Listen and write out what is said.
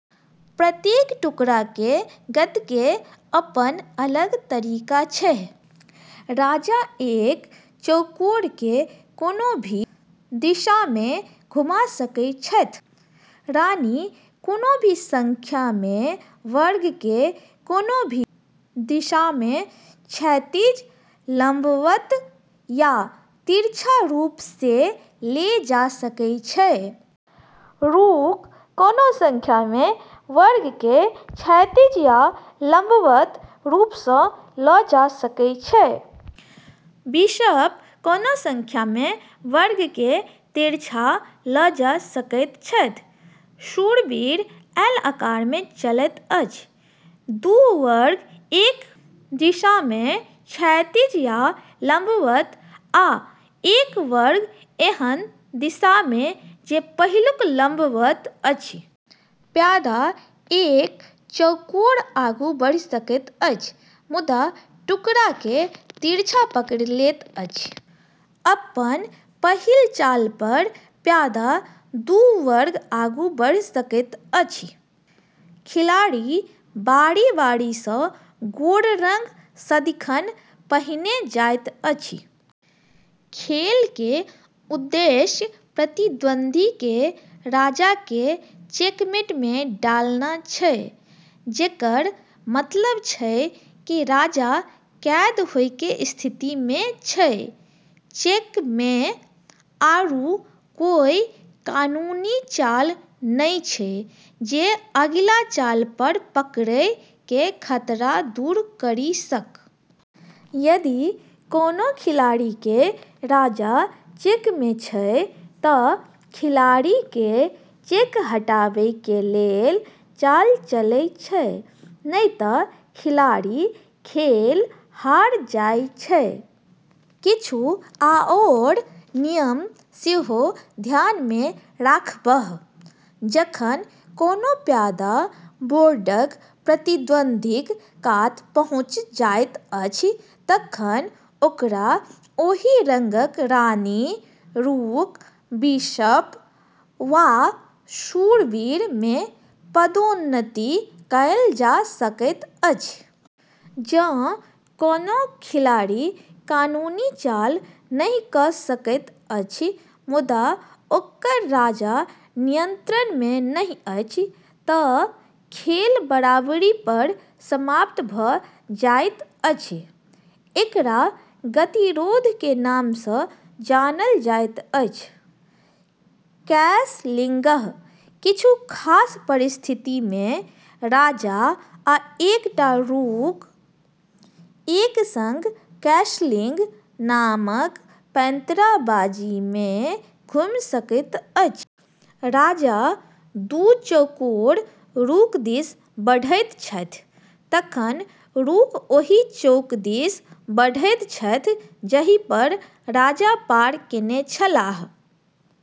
प्रत्येक टुकड़ा के गति के अपन अलग तरीका छै: राजा एक चौकोर के कोनो भी दिशा मे घुमा सकै छैथ। रानी कोनो भी संख्या मे वर्ग के कोनो भी दिशा मे, क्षैतिज, लंबवत या तिरछा रूप से ले जा सकै छै। रूक कोनो संख्या मे वर्ग के क्षैतिज या लंबवत रूप सं ल जा सकय छै। बिशप कोनो संख्या मे वर्ग के तिरछा ल जा सकैत छथि। शूरवीर एल आकार मे चलैत अछि - दू वर्ग एक दिशा मे (क्षैतिज या लंबवत) आ एक वर्ग एहन दिशा मे जे पहिलुक लंबवत अछि। प्यादा एक चौकोर आगू बढ़ि सकैत अछि, मुदा टुकड़ाकेँ तिरछा पकड़ि लैत अछि। अपन पहिल चाल पर प्यादा दू वर्ग आगू बढ़ि सकैत अछि। खिलाड़ी बारी-बारी स, गोर रंग सदिखन पहिने जाइत अछि। खेल के उद्देश्य प्रतिद्वंदी के राजा के चेकमेट मे डालना छै, जेकर मतलब छै कि राजा कैद होय के स्थिति मे छै (चेक मे) आरू कोय कानूनी चाल नै छै जे अगिला चाल पर पकड़ै के खतरा दूर करी सक। यदि कोनो खिलाड़ी के राजा चेक मे छै त खिलाड़ी के चेक हटाबै के लेल चाल चलै छै, नै त खिलाड़ी खेल हार जाय छै। किछु आओर नियम सेहो ध्यान मे राखब: जखन कोनो प्यादा बोर्डक प्रतिद्वंदीक कात पहुँचि जाइत अछि तखन ओकरा ओही रंगक रानी, रूक, बिशप वा शूरवीर मे पदोन्नति कयल जा सकैत अछि। जँ कोनो खिलाड़ी कानूनी चाल नहि क सकैत अछि, मुदा ओकर राजा नियंत्रण मे नहि अछि त खेल बराबरी पर समाप्त भ जाइत अछि। एकरा गतिरोध के नाम स जानल जाइत अछि। कैसलिंग: किछु खास परिस्थिति मे राजा आ एकटा रूक एक संग कैसलिंग नामक पैंतराबाजी मे घुमि सकैत अछि। राजा दू चौकोर रूक दिस बढ़ैत छथि, तखन रूक ओहि चौक दिस बढ़ैत छथि जाहि पर राजा पार केने छलाह।